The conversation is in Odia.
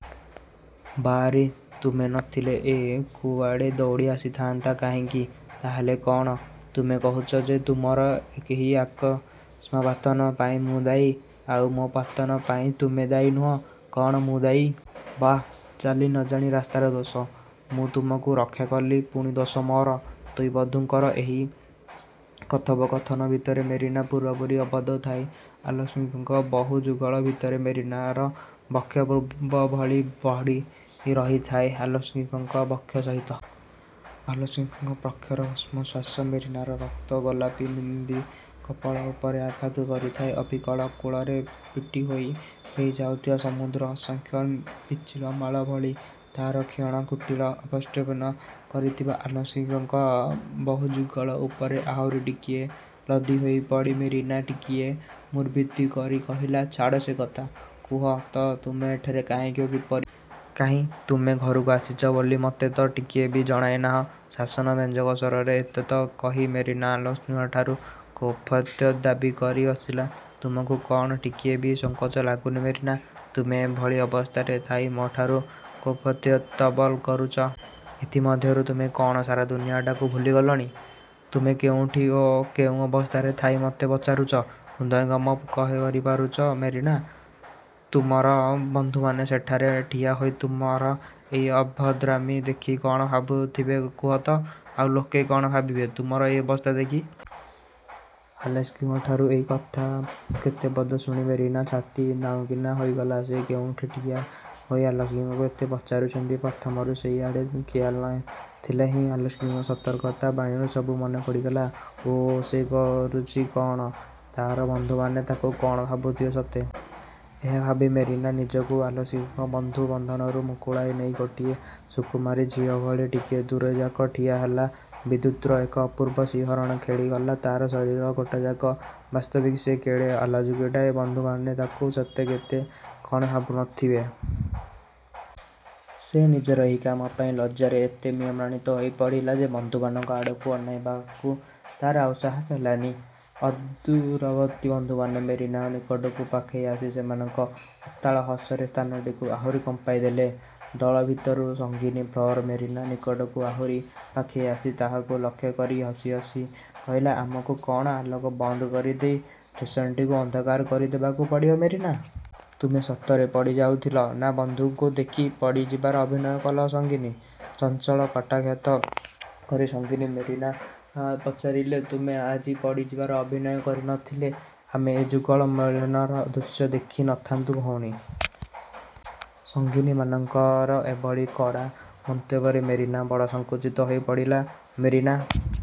'' ''ବାଃ ରେ, ତୁମେ ନ ଥିଲେ ମୁଁ ଏଆଡ଼କୁ ଦୌଡ଼ିଆସିଥାନ୍ତି କାହିଁକି? '' ''ତା ହେଲେ କ'ଣ ତୁମେ କହୁଛ ଯେ ତୁମର ଏହି ଅକସ୍ମାତ୍ପତନ ପାଇଁ ମୁଁ ଦାୟୀ? '' ''ଆଉ ମୋ ପତନ ପାଇଁ ତୁମେ ଦାୟୀ ନୁହଁ, କ'ଣ ମୁଁ ଦାୟୀ? '' ''ବାଃ, ଚାଲି ନ ଜାଣି ରାସ୍ତାର ଦୋଷ। ମୁଁ ତୁମକୁ ରକ୍ଷାକଲି, ପୁଣି ଦୋଷ ମୋର। '' ଦୁଇବନ୍ଧୁଙ୍କର ଏହି କଥୋପକଥନ ଭିତରେ ମେରିନା ପୂରାପୁରି ଆବଦ୍ଧ ଥାଏ ଆଲେସ୍କିଙ୍କର ବାହୁଯୁଗଳ ଭିତରେ। ମେରିନାର ବକ୍ଷ ପୂର୍ବଭଳି ଭିଡ଼ି ରହିଥାଏ ଆଲେସ୍କିଙ୍କର ବକ୍ଷ ସହିତ। ଆଲେସ୍କିଙ୍କର ପ୍ରଖର ଉଷ୍ମ ଶ୍ୱାସ ମେରିନାର ରକ୍ତ-ଗୋଲାପ ନିନ୍ଦୀ କପୋଳ ଉପରେ ଆଘାତ କରୁଥାଏ, ଅବିକଳ କୂଳରେ ପିଟିହୋଇ ଫେରିଯାଉଥିବା ସମୁଦ୍ରର ଅସଂଖ୍ୟ ବୀଚିମାଳା ଭଳି। ତାର କ୍ଷୀଣ କଟିକୁ ଆବେଷ୍ଟନ କରିଥିବା ଆଲେସ୍କିଙ୍କର ବାହୁଯୁଗଳ ଉପରେ ଆହୁରି ଟିକିଏ ଲଦି ହୋଇପଡ଼ି ମେରିନା ଟିକିଏ ମୁରବିତ୍ୱ କରି କହିଲା-''ଛାଡ଼ ସେକଥା, କୁହ ତ ତୁମେ ଏଠାରେ କାହିଁକି ଓ କିପରି? କାହିଁ, ତୁମେ ଘରକୁ ଆସିଛ ବୋଲି ମୋତେ ତ ଟିକିଏ ବି ଜଣାଇନାହଁ? '' ଶାସନ ବ୍ୟଞ୍ଜକ ସ୍ୱରରେ ଏତକ କହି ମେରିନା ଆଲେସ୍କିଙ୍କଠାରୁ କୈଫିୟତ୍ ଦାବି କରି ବସିଲା। ''ତୁମକୁ କ'ଣ ଟିକିଏ ବି ସଂକୋଚ ଲାଗୁନି ମେରିନା? ତୁମେ ଏଭଳି ଅବସ୍ଥାରେ ଥାଇ ମୋଠାରୁ କୈଫିୟତ୍ ତଲବ୍ କରୁଚ? ଇତିମଧ୍ୟରେ ତୁମେ କ'ଣ ସାରା ଦୁନିଆଟାକୁ ଭୁଲିଗଲଣି? ତୁମେ କେଉଁଠି ଓ କେଉଁ ଅବସ୍ଥାରେ ଥାଇ ମୋତେ ପଚାରୁଚ, ହୃଦୟଙ୍ଗମ କରିପାରୁଚ ମେରିନା? ତୁମର ବନ୍ଧୁମାନେ ସେଠାରେ ଠିଆହୋଇ ତୁମର ଏହି ଅଭଦ୍ରାମୀ ଦେଖି କ'ଣ ଭାବୁଥିବେ କୁହ ତ-? ଆଉ ଲୋକେ କ'ଣ ଭାବିବେ ତୁମର ଏ ଅବସ୍ଥା ଦେଖି? '' ଆଲେସ୍କିଙ୍କଠାରୁ ଏଇ କଥା କେତେ ପଦ ଶୁଣି ମେରିନାର ଛାତି ଦାଉଁକିନା ହୋଇଗଲା। ସେ କେଉଁଠି ଠିଆହୋଇ ଆଲେସ୍କିଙ୍କୁ ଏତେ ପଚାରୁଛି; ପ୍ରଥମରୁ ସେଆଡ଼କୁ ଖିଆଲ ନଥିଲେ ହେଁ ଆଲେସ୍କିଙ୍କର ସତର୍କବାଣୀରୁ ସବୁ ମନେପଡ଼ିଗଲା। ଓଃ, ସେ କରୁଛି କ'ଣ-? ତା'ର ବନ୍ଧୁମାନେ ତାକୁ କ'ଣ ଭାବୁଥିବେ ସତେ? ଏହା ଭାବି ମେରିନା ନିଜକୁ ଆଲେସ୍କିଙ୍କ ବାହୁବନ୍ଧନରୁ ମୁକୁଳାଇ ନେଇ ଗୋଟିଏ ସୁକୁମାରୀ ଝିଅଭଳି ଟିକିଏ ଦୂରେଇଯାଇ ଠିଆହେଲା-। ବିଦ୍ୟୁତର ଏକ ଅପୂର୍ବ ଶିହରଣ ଖେଳିଗଲା ତା'ର ଶରୀର ଗୋଟାଯାକ। ବାସ୍ତବିକ୍ ସେ କେଡ଼େ ଅଲାଜୁକୀଟାଏ? ବନ୍ଧୁମାନେ ତାକୁ ସତେ କେତେ କ'ଣ ଭାବୁ ନଥିବେ। ସେ ନିଜର ଏହି କାମପାଇଁ ଲଜ୍ଜାରେ ଏତେ ମ୍ରିୟମାଣ ହୋଇପଡ଼ିଲା ଯେ ବନ୍ଧୁମାନଙ୍କ ଆଡ଼କୁ ଅନାଇବାକୁ ତା'ର ଆଉ ସାହସ ହେଲାନି। ଅଦୂରବର୍ତ୍ତୀ ବନ୍ଧୁମାନେ ମେରିନା ନିକଟକୁ ପାଖେଇ ଆସି ସେମାନଙ୍କ ଉତ୍ତାଳ ହସରେ ସ୍ଥାନଟିକୁ ଆହୁରି କମ୍ପାଇ ଦେଲେ। ଦଳଭିତରୁ ସଙ୍ଗିନୀ ଫ୍ଲୋରା ମେରିନା ନିକଟକୁ ଆହୁରି ପାଖେଇ ଆସି ତାହାକୁ ଲକ୍ଷ୍ୟ କରି ହସି ହସି କହିଲା–ଆମକୁ କ'ଣ ଆଲୋକ ବନ୍ଦ କରିଦେଇ ଷ୍ଟେସନଟିକୁ ଅନ୍ଧାର କରି ଦେବାକୁ ପଡ଼ିବ ମେରିନା? ତୁମେ ସତରେ ପଡ଼ିଯାଉଥିଲ, ନା ବନ୍ଧୁଙ୍କୁ ଦେଖି ପଡ଼ିଯିବାର ଅଭିନୟ କଲ ସଙ୍ଗିନୀ? '' ଚଞ୍ଚଳ କଟାକ୍ଷପାତ କରି ସଙ୍ଗିନୀ ମେରିଆ ପଚାରିଲା, ''ତୁମେ ଆଜି ପଡ଼ିଯିବାର ଅଭିନୟ କରି ନ ଥିଲେ ଆମେ ଏ ଯୁଗଳ ମିଳନର ଦୃଶ୍ୟ ଦେଖି ନ ଥାନ୍ତୁ ଭଉଣି! '' ସଙ୍ଗିନୀମାନଙ୍କର ଏଭଳି କଡ଼ା ମନ୍ତବ୍ୟରେ ମେରିନା ବଡ଼ ସଙ୍କୁଚିତା ହୋଇପଡ଼ିଲା। ମେରିନା